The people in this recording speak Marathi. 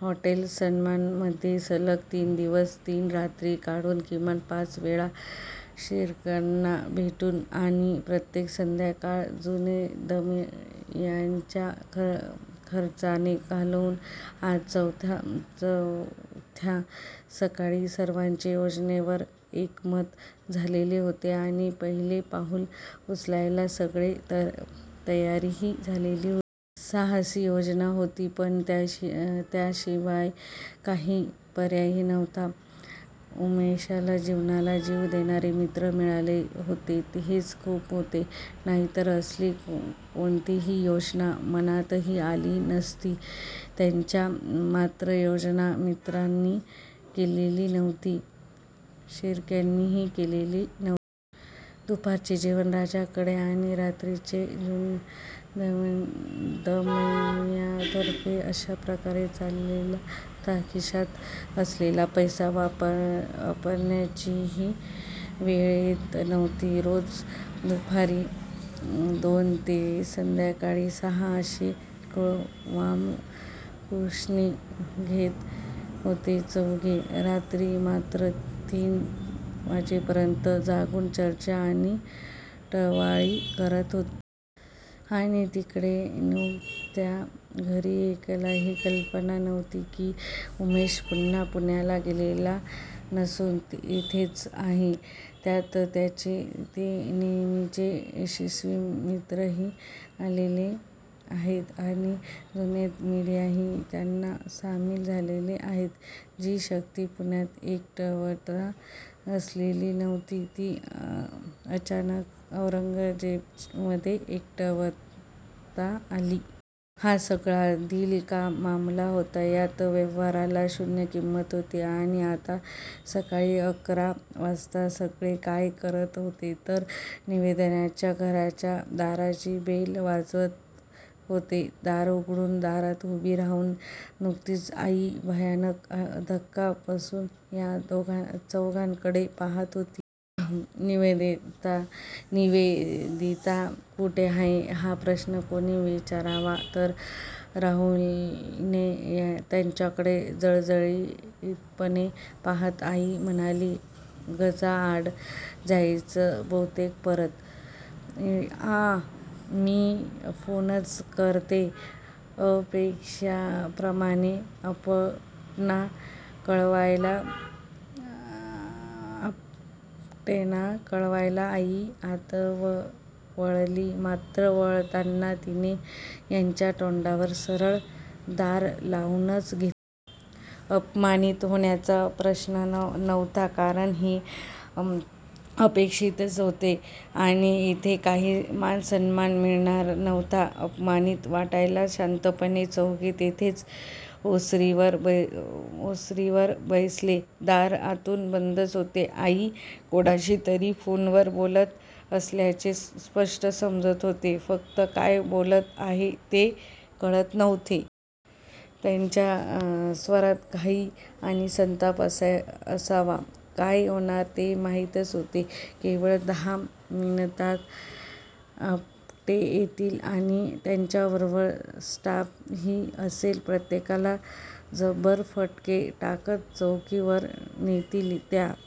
हॉटेल सन्मानमध्ये सलग तीन दिवस तीन रात्री काढून, किमान पाच वेळा शिर्केंना भेटून आणि प्रत्येक संध्याकाळ जुनैदमियाँच्या खर्चाने घालवून आज चवथ्या सकाळी सर्वांचे योजनेवर एकमत झालेले होते आणि पहिले पाऊल उचलायला सगळे तयारही झालेले होते. साहसी योजना होती, पण त्याशिवाय काही पर्यायही नव्हता. उमेशला जीवाला जीव देणारे मित्र मिळाले होते हेच खूप होते. नाहीतर असली कोणतीही योजना मनातही आली नसती त्याच्या! मात्र योजना मित्रांनी केलेली नव्हती. शिर्क्यांनीही केलेली नव्हती! दुपारचे जेवण राज्यांकडे आणि रात्रीचे जुनैदमियाँतर्फे असा प्रकार चाललेला होता. खिशात असलेला पैसा वापरण्याचीही वेळ येत नव्हती. रोज दुपारी दोन ते संध्याकाळी सहा अशी किरकोळ वामकुक्षी घेत होते चौघे! रात्री मात्र तीन तीन वाजेपर्यंत जागून चर्चा आणि टवाळी करत होते. आणि तिकडे नितुच्या घरी एकालाही कल्पना नव्हती की उमेश पुन्हा पुण्याला गेलेला नसून इथेच आहे. त्यात त्याचे ते नेहमीचे यशस्वी मित्रही आलेले आहेत आणि जुनैद मियाँही त्यांना सामील झालेले आहेत. जी शक्ती पुण्यात एकवटता आलेली नव्हती ती अचानकच औरंगाबादमध्ये एकवटता आली. हा सगळा दिल का मामला होता. यात व्यवहाराला शून्य किंमत होती. आणि आत्ता सकाळी अकरा वाजता सगळे काय करत होते तर निवेदिताच्या घराच्या दाराची बेल वाजवत होते. दार उघडून दारात उभी राहून नितुची आई भयानक धक्का बसून या चौघांकडे पाहात होती. निवेदिता कुठे आहे? हा प्रश्न कोणी विचारावा? तर राहुलने! त्याच्याकडे जळजळीतपणे पाहात आई म्हणाली. गजाआड जायचंय बहुतेक परत? आं?? मी फोनच करते अपेक्षेप्रमाणेच आपटेंना कळवायला आई आत वळली मात्र वळताना तिने यांच्या तोंडावर सरळ दार लावूनच घेतले. अपमानीत होण्याचा प्रश्नच नव्हता कारण हे अपेक्षितच होते आणि इथे काही मानसन्मान मिळणार नव्हता अपमानीत वाटायला! शांतपणे चौघे तिथेच ओसरीवर बसले. दार आतून बंदच होते. आई कोणाशीतरी फोनवर बोलत असल्याचे स्पष्ट समजत होते, फक्त काय बोलत आहेत ते कळत नव्हते. त्यांच्या स्वरात घाई आणि संताप असावा! काय होणार ते माहीतच होते. केवळ दहा मिनिटांत आपटे येतील आणि त्यांच्याबरोबर स्टाफही असेल! प्रत्येकाला जबरी फटके टाकत चौकीवर नेतील. त्या